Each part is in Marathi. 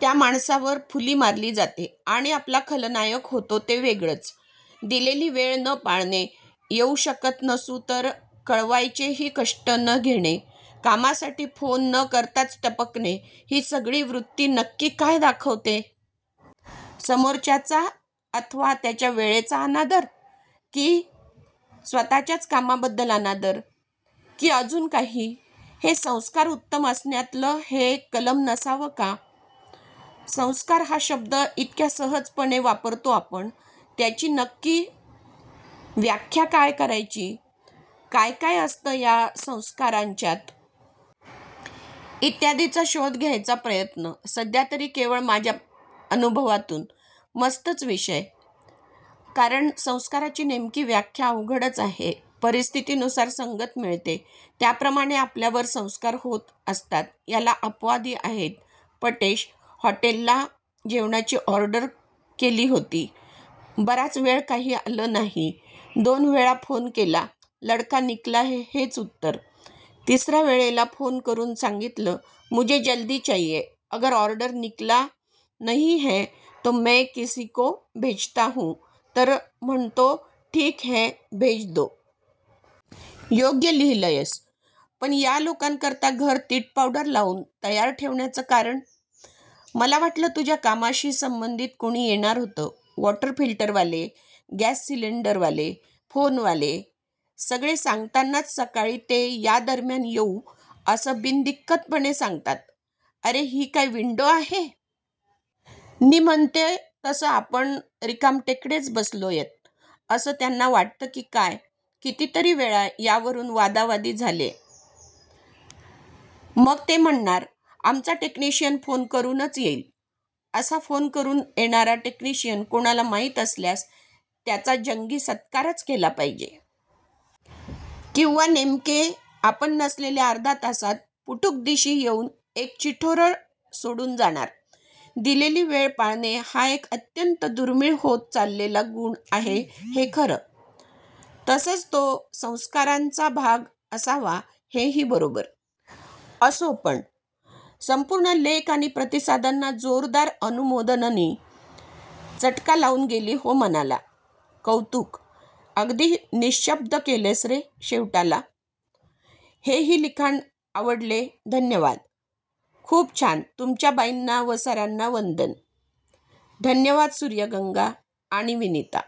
त्या माणसावर फुली मारली जाते. आणि आपला खलनायक होतो ते वेगळंच. दिलेली वेळ न पाळणे, येऊ शकत नसू तर कळवायचेही कष्ट न घेणे, कामासाठी फोन न करताच टपकणे ही सगळी वृत्ती नक्की काय दाखवते? समोरच्याचा/ त्याच्या वेळेचा अनादर? की स्वतःच्याच कामाबद्दल अनादर? की अजून काही? हे संस्कार उत्तम असण्यातलं हे एक कलम नसावं का? संस्कार हा शब्द इतक्या सहजपणे वापरतो आपण. त्याची नक्की व्याख्या काय करायची? काय काय असतं या संस्कारांच्यात? इत्यादीचा शोध घ्यायचा प्रयत्न. सध्यातरी केवळ माझ्या अनुभवातून. मस्तच विषय, कारण संस्काराची नेमकी व्याख्या अवघडच आहे, परिस्थितीनुसार संगत मिळते, त्याप्रमाणे आपल्यावर संस्कार होत असतातयाला अपवाद ही आहेतपटेश! हॉटेल ला जेवणाची ऑर्डर केली होती, बराच वेळ काही आलं नाही, दोन वेळा फोन केला 'लडका निकला है' हेच उत्तर, तिसर्या वेळेला फोन करुन सांगितल 'मुझे जल्दी चाहिये अगर ऑर्डर निकला नही है तो मै किसे को भेजता हु'तर म्हणतो ठिक है भेज दो.. योग्य लिहिलयस. पण या लोकांकरता घर तीटपावडरलावून तयार ठेवण्याचं कारण? मला वाटलं तुझ्या कामाशी संबंधित कोणी येणार होतं. वॉटर फिल्टरवाले, गॅससिलिंडरवाले, फोनवाले, सगळे सांगतानाच सकाळी ते या दरम्यान येऊ असं बिनदिक्कितपणे सांगतात. अरे ही काय विंडो आहे? नी म्हणते तसं आपण रिकामटेकडेच बसलोयत असं त्यांना वाटत की काय. कितीतरी वेळा यावरून वादावादी झालेय. मग ते म्हणणार "आमचा टेक्निशियन फोन करूनच येईल. " असा फोन करून येणारा टेक्निशियन कोणाला माहित असल्यास त्याचा जंगी सत्कारच केला पाहिजे. किंवा नेमके आपण नसलेल्या अर्ध्या तासात पुटुकदिशी येऊन एक चिठोरं सोडून जाणार. दिलेली वेळ पाळणे हा एक अत्यंत दुर्मिळ होत चालेलेला गुण आहे हे खरं. तसंच तो संस्कारांचा भाग असावा हे ही बरोबर. असो पण.. संपूर्ण लेख आणि प्रतिसादांना जोरदार अनुमोदननी, चटका लावुन गेली हो मनाला! कौतूक, अगदी निशब्द केलस रे शेवटाला. हे ही लिखाण आवडलेधन्यवाद. खूप छानतुमच्या बाईंना व सरांना वंदन __/\_ _धन्यवाद सुर्यगंगा आणि विनिता.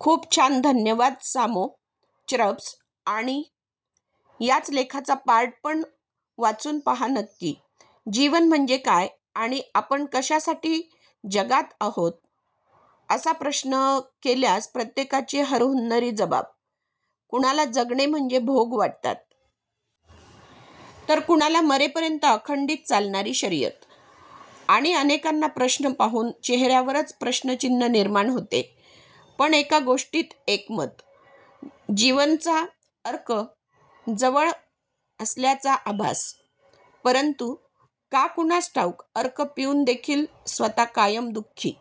खूप छानधन्यवाद सामो, च्रप्स आणि. याच लेखाचा पार्ट पण वाचून पहा नक्की 'जीवन म्हणजे काय? ' आणि 'आपण कशासाठी जगात आहोत? ' असा प्रश्न केल्यास प्रत्येकाचे हरहुन्नरी जबाब. कुणाला जगणे म्हणजे 'भोग' वाटतात. तर कुणाला मरेपर्यंत अखंडित चालणारी शर्यत. आणि अनेकांना प्रश्न पाहून चेहऱ्यावरच प्रश्नचिन्ह निर्माण होते. पण एका गोष्टीत एकमत. जीवनचा 'अर्क' जवळ असल्याचा आभास. परंतु, का कुणास ठाऊक अर्क पिऊन देखील स्वतः कायम दु:खी.